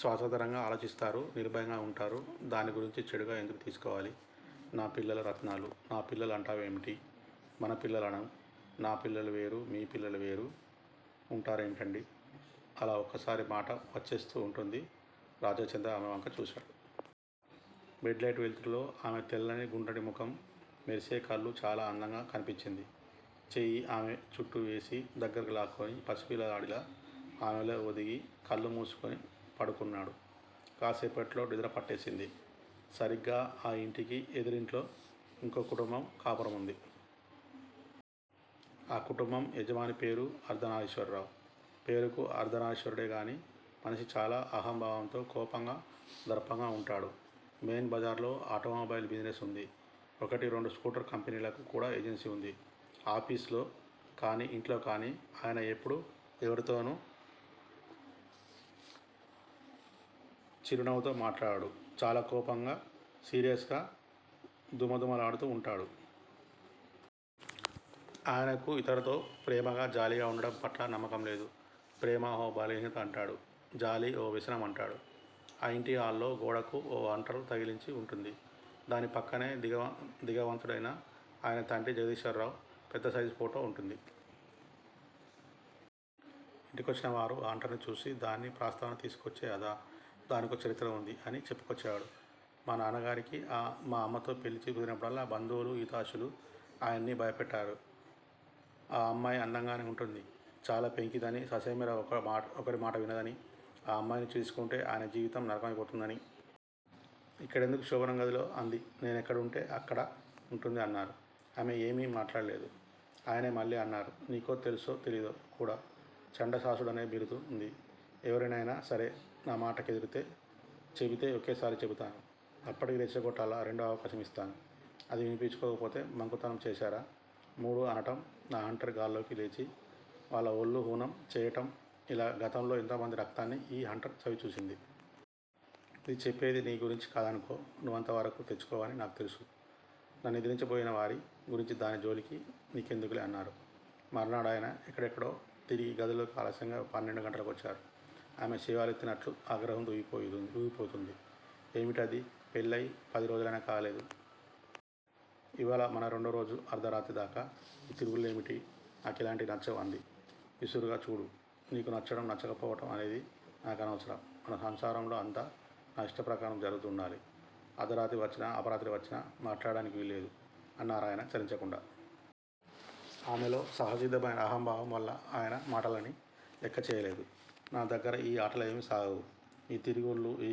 స్వతంత్రంగా ఆలోచిస్తారు. నిర్భయంగా ఉంటారు. దాన్ని గురించి చెడుగా ఎందుకు తీసుకోవాలి? నా పిల్లలు రత్నాలు. నా పిల్లలు అంటావేమిటి? మన పిల్లలు అను. నా పిల్లలు వేరు మీ పిల్లలు వేరు ఉంటారేమిటండీ? అలా ఒక్కోసారి మాట వచ్చేస్తూ ఉంటుంది. రాజాచంద్ర ఆమెవంక చూశాడు. బెడ్ లైట్ వెలుతురులో ఆమె తెల్లని గుండ్రని ముఖం, మెరిసే కళ్ళు చాలా అందంగా కనిపించింది. చెయ్యి ఆమె చుట్టూ వేసి దగ్గరకు లాక్కుని పసిపిల్లాడిలా ఆమెలో ఒదిగి కళ్ళు మూసుకుని పడుకున్నాడు. కాసేపట్లో నిద్రపట్టేసింది. సరిగ్గా ఆ ఇంటికి ఎదురింట్లో ఇంకో కుటుంబం కాపురముంది. ఆ కుటుంబం యజమాని పేరు అర్ధనారిశ్వరరావు. పేరుకు అర్దానారిశ్వరుడేగాని మనిషి చాలా అహంభావంతో, కోపంగా, దర్పంగా ఉంటాడు. మెయిన్ బజారులో ఆటోమొబైల్ బిజినెస్ ఉంది. ఒకటి రెండు స్కూటర్ కంపెనీలకు కూడా ఏజెన్సీ ఉంది. ఆఫీసులో కాని ఇంట్లోకాని ఆయన ఎప్పుడూ ఎవరితోనూ చిరునవ్వుతో మాట్లాడడు. చాలా కోపంగా, సీరియస్ గా, ధుమధుమలాడుతూ ఉంటాడు. ఆయనకు ఇతరతో ప్రేమగా, జాలిగా ఉండటం పట్ల నమ్మకం లేదు. ప్రేమ ఓ బలహీనత అంటాడు. జాలి ఓ వ్యసనం అంటాడు. ఆ ఇంటి హాల్లో గోడకు ఓ హంటర్ తగిలించి ఉంటుంది. దాని పక్కనే దివంగతుడైన అయన తండ్రి జగదీశ్వరరావు పెద్దసైజు ఫోటో ఒకటుంది. ఇంటికొచ్చినవారు ఆ హంటర్ ని చూసి, దాని ప్రస్తావన తీసుకొస్తే- అదా? దానికో చరిత్ర ఉంది అని చెప్పుకొచ్చేవాడు. మా నాన్నగారికి ఆ మా అమ్మతో పెళ్ళి కుదిరినప్పుడు బంధువులూ, హితాషులూ ఆయన్ని భయపెట్టారు. ఆ అమ్మాయి అందంగానే ఉంటుంది, చాలా పెంకిదనీ, ససేమిరా ఒకరిమాట వినదనీ, ఆ అమ్మాయిని చేసుకుంటే ఆయన జీవితం నరకమైపోతుందనీ. 'ఇక్కడెందుకు శోభనం గదిలో' అంది. 'నేనెక్కడుంటే అక్కడ ఉంటుంది'అన్నారు. ఆమె ఏమీ మాట్లాడలేదు. ఆయనే మళ్లీ అన్నారు. నీకు తెలుసో తెలీదో నాకు చండశాసనుడనే బిరుదుంది. ఎవరైనా సరే నామాటకెదిరితే చెబితే ఒక్కసారే చెబుతాను. అప్పటికీ రెచ్చగొట్టారా? రెండో అవకాశమిస్తాను. అదీ వినిపించుకోక మంకుతనం చేశారా, మూడు అనటం నా హంటర్ గాల్లోకి లేచి వాళ్ళ ఒళ్ళు హూనం చెయ్యటం ఇలా గతంలో ఎంతోమంది రక్తాన్ని ఈ హంటర్ చవిజూసింది. ఇది చెప్పేది నీ గురించి కాదనుకోకు. నువ్వంతవరకూ తెచ్చుకొవు అని నాకు తెలుసు. నన్నెదిరించబోయిన వారి గురించి దాని జోలి నీకెందుకులే అన్నారు. మర్నాడాయన ఎక్కడెక్కడో తిరిగి గదిలోకి ఆలస్యంగా పన్నెండు గంటల కొచ్చారు. ఆమె శివాలెత్తినట్లు ఆగ్రహంతో ఊగిపోతుంది. 'ఏమిటిది? పెళ్ళయి పది రోజులయినా కాలేదు. ఇవేళ మన రెండో రోజు అర్ధరాత్రి దాకా ఈ తిరుగుళ్ళేమిటి? నా కిలాంటివి నచ్చవు' అంది విసురుగా 'చూడూ! నీకు నచ్చటం నచ్చకపోవటం అనేది నా కనవసరం మన సంసారంలో అంతా నా ఇష్ట ప్రకారం జరుగుతూ ఉండాలి. అర్దరాత్రి వచ్చినా, అపరాత్రి వచ్చినా మాట్లాడటానికి వీల్లేదు' అన్నారాయన చలించకుండా. ఆమెలో సహజసిద్దమైన అహంభావం వల్ల ఆయన మాటలని లెక్క చెయ్యలేదు నా దగ్గర ఈ ఆటలేమీ సాగవు. ఈ తిరుగుళ్ళూ, ఈ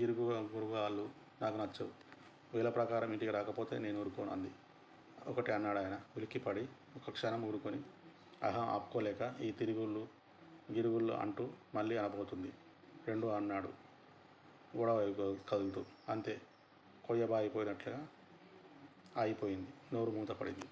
గిరుగుళ్ళూ నాకు నచ్చవు. వేళప్రకారం ఇంటికి రాకపోతే నేనూరుకోను అంది. ఒకటి అన్నాడాయన. ఉలిక్కిపడి ఒక్కక్షణం ఊరుకుని, అహం ఆపుకోలేక 'ఈ తిరుగుళ్ళూ, గిరుగుళ్ళూ అంటూ మళ్ళీ అనబోతుంది. రెండు అన్నాడు గోడవైపు కదులుతూ. అంతే, కొయ్యబారిపోయి నట్లాగిపోయింది. నోరు మూతపడిపోయి,